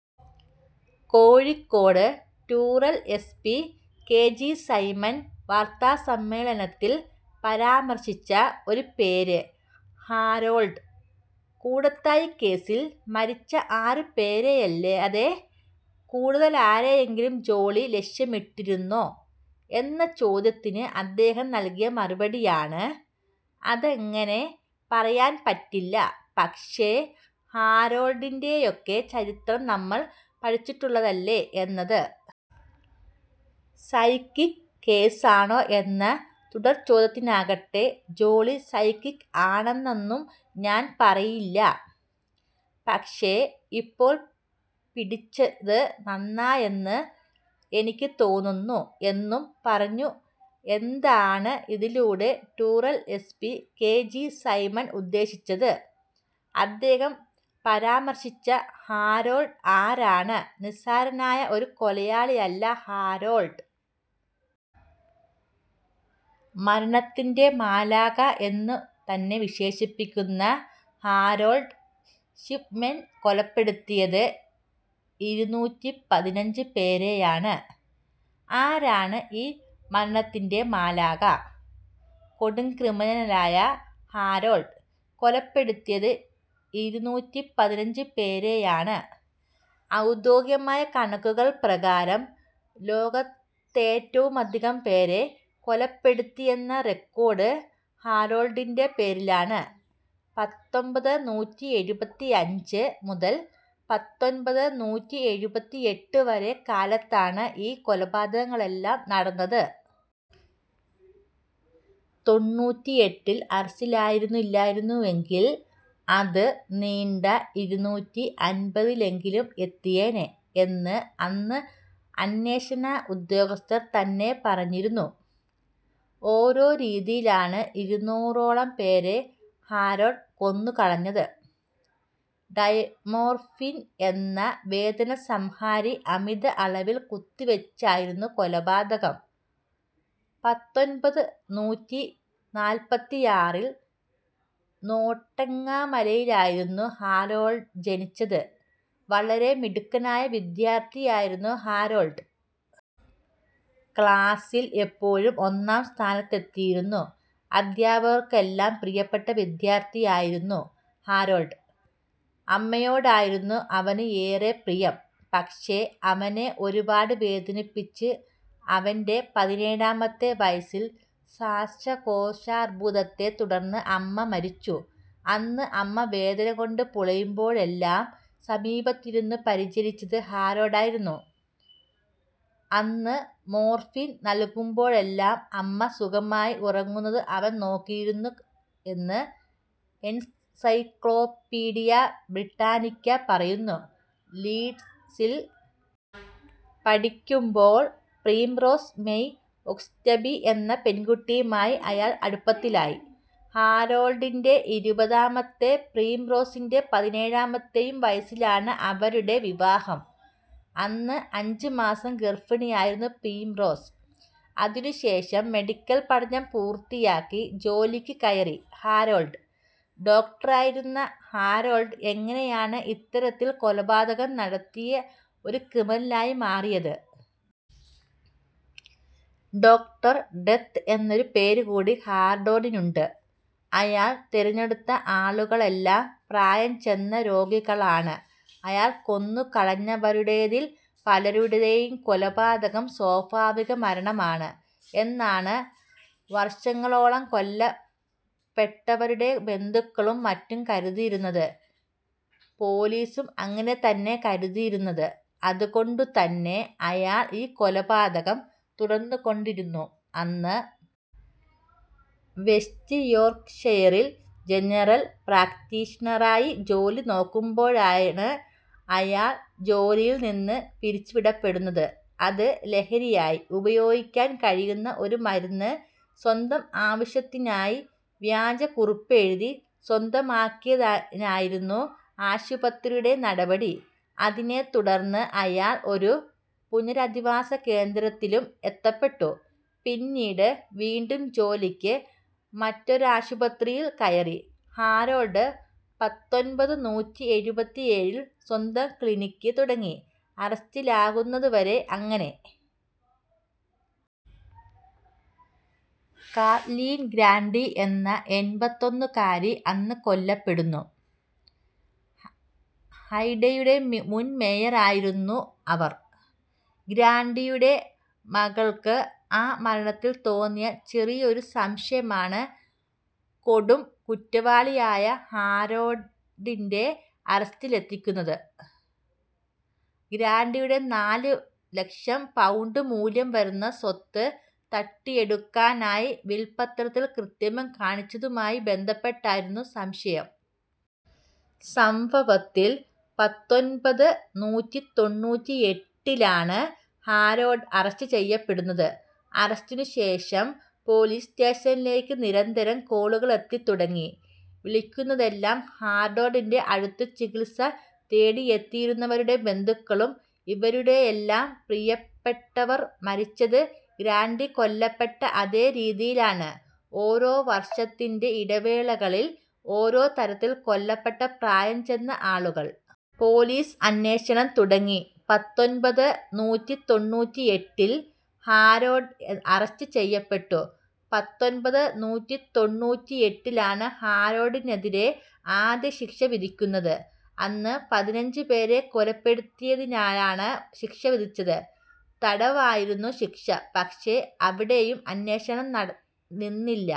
Kozhikode rural S P K G Simon വാർത്താസമ്മേളനത്തിൽ പരാമർശിച്ച ഒരു പേര് ഹാരോൾഡ്. കൂടത്തായി കേസിൽ മരിച്ച ആറു പേരെയല്ലാതെ കൂടുതലാരെയെങ്കിലും ജോളി ലക്ഷ്യമിട്ടിരുന്നോ എന്ന ചോദ്യത്തിന് അദ്ദേഹം നൽകിയ മറുപടിയാണ്, അതങ്ങനെ പറയാൻ പറ്റില്ല. പക്ഷേ, ഹാരോൾഡിൻ്റെയൊക്കെ ചരിത്രം നമ്മൾ പഠിച്ചിട്ടുള്ളതല്ലേ എന്നത്. സൈക്കിക് കേസാണോ എന്ന തുടർചോദ്യത്തിനാകട്ടെ, ജോളി സൈക്കിക്ക് ആണെന്നൊന്നും ഞാൻ പറയില്ല, പക്ഷേ, ഇപ്പോൾ പിടിച്ചത് നന്നായെന്ന് എനിക്ക് തോന്നുന്നു എന്നും പറഞ്ഞു. എന്താണ് ഇതിലൂടെ rural S P K G Simon ഉദ്ദേശിച്ചത്. അദ്ദേഹം പരാമർശിച്ച ഹാരോൾഡ് ആരാണ്. നിസ്സാരനായ ഒരു കൊലയാളിയല്ല ഹാരോൾഡ്. മരണത്തിൻ്റെ മാലാഖ എന്ന് തന്നെ വിശേഷിപ്പിക്കുന്ന ഹാരോൾഡ് ഷിപ്മെൻ കൊലപ്പെടുത്തിയത് ഇരുനൂറ്റി പതിനഞ്ച് പേരെയാണ്. ആരാണ് ഈ മരണത്തിൻ്റെ മാലാഖ. കൊടുംക്രിമിനലായ ഹാരോൾഡ് കൊലപ്പെടുത്തിയത് ഇരുനൂറ്റി പതിനഞ്ച് പേരെയാണ്. ഔദ്യോഗികമായ കണക്കുകൾ പ്രകാരം ലോകത്തേറ്റവുമധികം പേരെ കൊലപ്പെടുത്തിയെന്ന റെക്കോർഡ് ഹാരോൾഡിൻ്റെ പേരിലാണ്. പത്തൊൻപത് നൂറ്റി എഴുപത്തിയഞ്ച് മുതൽ പത്തൊൻപത് നൂറ്റി തൊണ്ണൂറ്റിയെട്ട് വരെയുള്ള കാലത്താണ് ഈ കൊലപാതകങ്ങളെല്ലാം നടന്നത്. തൊണ്ണൂറ്റിയെട്ടിൽ അറസ്റ്റിലായിരുന്നില്ലായിരുന്നുവെങ്കിൽ അത് നീണ്ട് ഇരുന്നൂറ്റി അൻപതിലെങ്കിലും എത്തിയേനെ എന്ന് അന്ന് അന്വേഷണ ഉദ്യോഗസ്ഥർ തന്നെ പറഞ്ഞിരുന്നു. ഒരേ രീതിയിലാണ് ഇരുന്നൂറോളം പേരെയും ഹാരോൾഡ് കൊന്നുകളഞ്ഞത്. ഡയമോർഫിൻ എന്ന വേദനസംഹാരി അമിതമായ അളവിൽ കുത്തിവെച്ചായിരുന്നു കൊലപാതകം. പത്തൊൻപത് നൂറ്റി നാല്പത്തിയാറിൽ നോട്ടിങ്ങാമിലായിരുന്നു ഹാരോൾഡ് ജനിച്ചത്. വളരെ മിടുക്കനായ വിദ്യാർഥിയായിരുന്നു ഹാരോൾഡ്. ക്ലാസിൽ എപ്പോഴും ഒന്നാം സ്ഥാനത്തെത്തിയിരുന്നു. അധ്യാപകർക്കെല്ലാം പ്രിയപ്പെട്ട വിദ്യാർഥിയായിരുന്നു ഹാരോൾഡ്. അമ്മയോടായിരുന്നു അവന് ഏറെ പ്രിയം. പക്ഷേ, അവനെ ഒരുപാട് വേദനിപ്പിച്ച് അവൻ്റെ പതിനേഴാമത്തെ വയസ്സിൽ ശ്വാസകോശാർബുദത്തെ തുടർന്ന് അമ്മ മരിച്ചു. അന്ന് അമ്മ വേദനകൊണ്ട് പുളയുമ്പോഴെല്ലാം സമീപത്തിരുന്ന് പരിചരിച്ചത് ഹാരോൾഡായിരുന്നു. അന്ന് മോർഫിൻ നൽകുമ്പോഴെല്ലാം അമ്മ സുഖമായി ഉറങ്ങുന്നത് അവൻ നോക്കിനിന്നിരുന്നു എന്ന് എൻസൈക്ലോപീഡിയ ബ്രിട്ടാനിക്ക പറയുന്നു. ലീഡ്സിൽ പഠിക്കുമ്പോൾ പ്രിംറോസ് മേയ് ഓക്സ്റ്റബി എന്ന പെൺകുട്ടിയുമായി അയാൾ അടുപ്പത്തിലായി. ഹാരോൾഡിൻ്റെ ഇരുപതാമത്തെയും പ്രിംറോസിൻ്റെ പതിനേഴാമത്തെയും വയസ്സിലാണ് അവരുടെ വിവാഹം. അന്ന് അഞ്ച് മാസം ഗർഭിണിയായിരുന്നു പ്രിംറോസ്. അതിനുശേഷം മെഡിക്കൽ പഠനം പൂർത്തിയാക്കി ജോലിക്ക് കയറി ഹാരോൾഡ്. ഡോക്ടറായിരുന്ന ഹാരോൾഡ് എങ്ങനെയാണ് ഇത്തരത്തിൽ കൊലപാതകം നടത്തിയ ഒരു ക്രിമിനലായി മാറിയത്. ഡോക്ടർ ഡെത്ത് എന്നൊരു പേര് കൂടി ഹാരോൾഡിനുണ്ട്. അയാൾ തെരഞ്ഞെടുത്ത ആളുകളെല്ലാം പ്രായം ചെന്ന രോഗികളാണ്. അയാൾ കൊന്നുകളഞ്ഞവരുടേതിൽ പലരുടെയും കൊലപാതകം സ്വാഭാവിക മരണമാണ് എന്നാണ് വർഷങ്ങളോളം കൊല്ലപ്പെട്ടവരുടെ ബന്ധുക്കളും മറ്റും കരുതിയിരുന്നത്. പൊലീസും അങ്ങനെ തന്നെയാണ് കരുതിയിരുന്നത്. അതുകൊണ്ടുതന്നെ അയാൾ ഈ കൊലപാതകം തുടർന്നുകൊണ്ടേയിരുന്നു. അന്ന് വെസ്റ്റ് യോർക്ക്ഷയറിൽ ജനറൽ പ്രാക്ടീഷണറായി ജോലിനോക്കുമ്പോഴാണ് അയാൾ ജോലിയിൽ നിന്ന് പിരിച്ചുവിടപ്പെടുന്നത്. അത് ലഹരിയായി ഉപയോഗിക്കാൻ കഴിയുന്ന ഒരു മരുന്ന് സ്വന്തം ആവശ്യത്തിനായി വ്യാജ കുറിപ്പെഴുതി സ്വന്തമാക്കിയതിനായിരുന്നു ആശുപത്രിയുടെ നടപടി. അതിനെത്തുടർന്ന് അയാൾ ഒരു പുനരധിവാസകേന്ദ്രത്തിലും എത്തപ്പെട്ടു. പിന്നീട് വീണ്ടും ജോലിക്ക് മറ്റൊരാശുപത്രിയിൽ കയറിയ ഹാരോൾഡ് പത്തൊൻപത് നൂറ്റി എഴുപത്തിയേഴിൽ സ്വന്തം ക്ലിനിക്ക് തുടങ്ങി. അറസ്റ്റിലാകുന്നതെങ്ങനെ. കാത്‌ലീൻ ഗ്രണ്ടി എന്ന എൺപത്തിയൊന്നുകാരി അന്ന് കൊല്ലപ്പെടുന്നു. ഹൈഡെയുടെ മുൻ മേയറായിരുന്നു അവർ. ഗ്രണ്ടിയുടെ മകൾക്ക് ആ മരണത്തിൽ തോന്നിയ ചെറിയൊരു സംശയമാണ് കൊടുംകുറ്റവാളിയായ ഹാരോൾഡിൻ്റെ അറസ്റ്റിലെത്തിക്കുന്നത്. ഗ്രണ്ടിയുടെ നാല് ലക്ഷം പൗണ്ട് മൂല്യം വരുന്ന സ്വത്ത് തട്ടിയെടുക്കാനായി വിൽപത്രത്തിൽ കൃത്രിമം കാണിച്ചതുമായി ബന്ധപ്പെട്ടായിരുന്നു സംശയം. സംഭവത്തിൽ പത്തൊൻപത് നൂറ്റി തൊണ്ണൂറ്റിയെട്ടിലാണ് ഹാരോൾഡ് അറസ്റ്റ് ചെയ്യപ്പെടുന്നത്. അറസ്റ്റിനുശേഷം പൊലീസ് സ്റ്റേഷനിലേക്ക് നിരന്തരം കോളുകളെത്തിത്തുടങ്ങി. വിളിക്കുന്നതെല്ലാം ഹാരോൾഡിൻ്റെ അടുത്ത് ചികിത്സ തേടിയെത്തിയിരുന്നവരുടെ ബന്ധുക്കളും. ഇവരുടെയെല്ലാം പ്രിയപ്പെട്ടവർ മരിച്ചത് ഗ്രണ്ടി കൊല്ലപ്പെട്ട അതേ രീതിയിലാണ്. ഓരോ വർഷത്തിൻ്റെ ഇടവേളകളിൽ ഒരേ തരത്തിൽ കൊല്ലപ്പെട്ട പ്രായം ചെന്ന ആളുകൾ. പൊലീസ് അന്വേഷണം തുടങ്ങി. പത്തൊൻപത് നൂറ്റി തൊണ്ണൂറ്റിയെട്ടിൽ ഹാരോൾഡ് അറസ്റ്റ് ചെയ്യപ്പെട്ടു. പത്തൊൻപത് നൂറ്റി തൊണ്ണൂറ്റിയെട്ടിലാണ് ഹാരോൾഡിനെതിരെ ആദ്യശിക്ഷ വിധിക്കുന്നത്. അന്ന് പതിനഞ്ച് പേരെ കൊലപ്പെടുത്തിയതിനാണ് ശിക്ഷ വിധിച്ചത്. തടവായിരുന്നു ശിക്ഷ. പക്ഷേ, അവിടെയും അന്വേഷണം നിന്നില്ല.